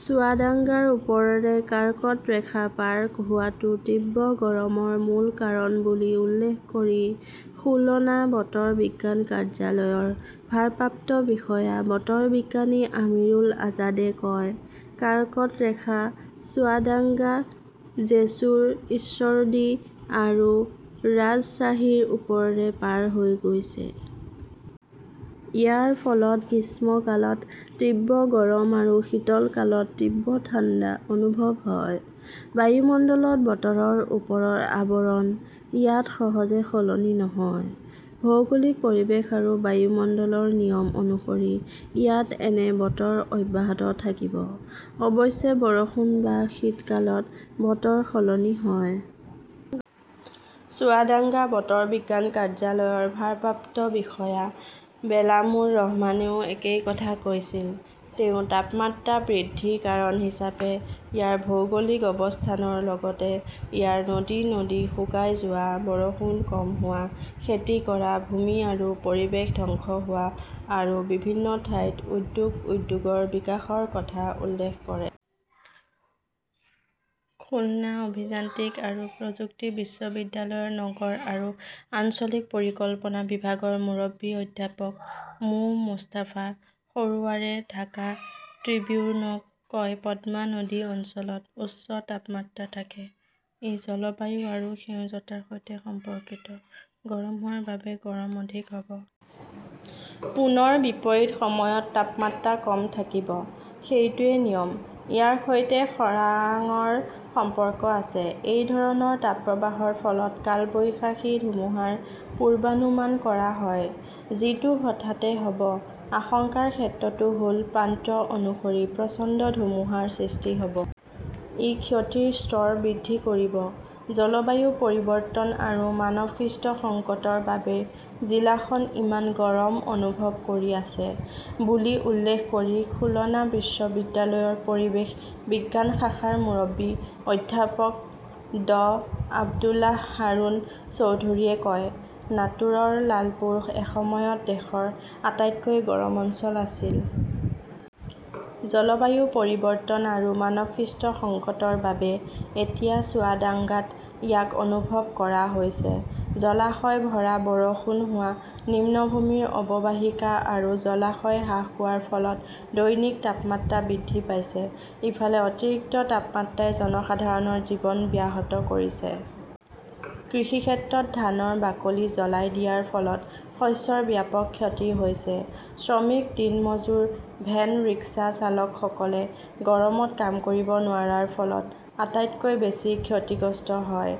চুৱাদাঙ্গাৰ ওপৰেৰে কাৰ্কট ৰেখা পাৰ হোৱাটো তীব্ৰ গৰমৰ মূল কাৰণ বুলি উল্লেখ কৰি খুলনা বতৰ বিজ্ঞান কাৰ্যালয়ৰ ভাৰপ্ৰাপ্ত বিষয়া বতৰ বিজ্ঞানী আমিৰুল আজাদে কয়, "কাৰ্কট ৰেখা চুৱাদাঙ্গা, জেছুৰ, ঈশ্বৰদী আৰু ৰাজশ্বাহীৰ ওপৰেৰে পাৰ হৈ গৈছে। ইয়াৰ ফলত গ্ৰীষ্মকালত তীব্ৰ গৰম আৰু শীতকালত তীব্ৰ ঠাণ্ডা অনুভৱ হয়। বায়ুমণ্ডলত বতৰৰ ওপৰৰ আৱৰণ ইয়াত সহজে সলনি নহয়। ভৌগোলিক পৰিৱেশ আৰু বায়ুমণ্ডলৰ নিয়ম অনুসৰি ইয়াত এনে বতৰ অব্যাহত থাকিব। অৱশ্যে, বৰষুণ বা শীতকালত বতৰ সলনি হয়। "চুৱাদাংগা বতৰ বিজ্ঞান কাৰ্যালয়ৰ ভাৰপ্ৰাপ্ত বিষয়া বেলামুৰ ৰহমানেও একেই কথা কৈছিল। তেওঁ তাপমাত্ৰা বৃদ্ধিৰ কাৰণ হিচাপে ইয়াৰ ভৌগোলিক অৱস্থানৰ লগতে ইয়াৰ নদী-নদী শুকাই যোৱা, বৰষুণ কম হোৱা, খেতি কৰা ভূমি আৰু পৰিৱেশ ধ্বংস হোৱা, আৰু বিভিন্ন ঠাইত উদ্যোগ-উদ্যোগৰ বিকাশৰ কথা উল্লেখ কৰে। খুলনা অভিযান্ত্ৰিক আৰু প্ৰযুক্তি বিশ্ববিদ্যালয়ৰ নগৰ আৰু আঞ্চলিক পৰিকল্পনা বিভাগৰ মুৰব্বী অধ্যাপক মো. মুস্তাফা সৰোৱাৰে ঢাকা ট্ৰিবিউনক কয়, "পদ্মা নদী অঞ্চলত উচ্চ তাপমাত্ৰা থাকে। ই জলবায়ু আৰু সেউজতাৰ সৈতে সম্পৰ্কিত। গৰম হোৱাৰ বাবে গৰম অধিক হ "ব। পুনৰ বিপৰীত সময়ত তাপমাত্ৰা কম থাকিব। সেইটোৱেই নিয়ম। ইয়াৰ সৈতে খৰাংৰ সম্পৰ্ক আছে। এই ধৰণৰ তাপপ্ৰবাহৰ ফলত কালবৈশাখী ধুমুহাৰ পূৰ্বানুমান কৰা হয়, যিটো হঠাতে হ "ব। আশংকাৰ ক্ষেত্ৰটো হ "ল প্ৰান্ত অনুসৰি প্ৰচণ্ড ধুমুহাৰ সৃষ্টি হ" ব। ই ক্ষতিৰ স্তৰ বৃদ্ধি কৰিব। "জলবায়ু পৰিৱৰ্তন আৰু মানৱসৃষ্ট সংকটৰ বাবে জিলাখন ইমান গৰম অনুভৱ কৰি আছে বুলি উল্লেখ কৰি খুলনা বিশ্ববিদ্যালয়ৰ পৰিৱেশ বিজ্ঞান শাখাৰ মুৰব্বী অধ্যাপক ড আব্দুল্লাহ হাৰুন চৌধুৰীয়ে কয়", নাটোৰৰ লালপুৰ এসময়ত দেশৰ আটাইতকৈ গৰম অঞ্চল আছিল। জলবায়ু পৰিৱৰ্তন আৰু মানৱসৃষ্ট সংকটৰ বাবে এতিয়া চুৱাডাংগাত ইয়াক অনুভৱ কৰা হৈছে। জলাশয় ভৰা, বৰষুণ হোৱা, নিম্নভূমিৰ অৱবাহিকা আৰু জলাশয় হ্ৰাস হোৱাৰ ফলত দৈনিক তাপমাত্ৰা বৃদ্ধি পাইছে। "ইফালে, অতিৰিক্ত তাপমাত্ৰাই জনসাধাৰণৰ জীৱন ব্যাহত কৰিছে। কৃষিক্ষেত্ৰৰ ধানৰ বাকলি জ্বলাই দিয়াৰ ফলত শস্যৰ ব্যাপক ক্ষতি হৈছে। শ্ৰমিক, দিনমজুৰ, ভেন-ৰিক্সা চালকসকলে গৰমত কাম কৰিব নোৱাৰাৰ ফলত আটাইতকৈ বেছি ক্ষতিগ্ৰস্ত হয়।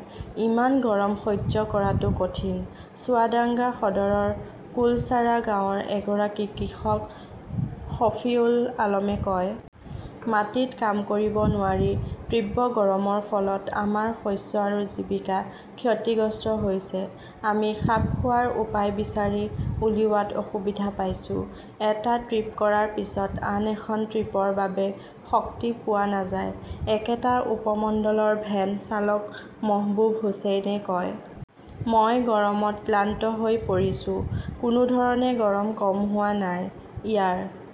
"ইমান গৰম সহ্য কৰাটো কঠিন", চুৱাদাঙ্গা সদৰৰ কুলচাৰা গাঁৱৰ এগৰাকী কৃষক শফিউল আলমে কয়। মাটিত কাম কৰিব নোৱাৰি। তীব্ৰ গৰমৰ ফলত আমাৰ শস্য আৰু জীৱিকা ক্ষতিগ্ৰস্ত হৈছে। আমি খাপ খোৱাৰ উপায় বিচাৰি উলিওৱাত অসুবিধা পাইছো। "এটা ট্ৰিপ কৰাৰ পিছত আন এখন ট্ৰিপৰ বাবে শক্তি পোৱা নাযায়", একেটা উপমণ্ডলৰ ভেন চালক মহবুব হুচেইনে কয়। মই গৰমত ক্লান্ত হৈ পৰিছো। কোনো ধৰণে গৰম কম হোৱা নাই। ইয়াৰ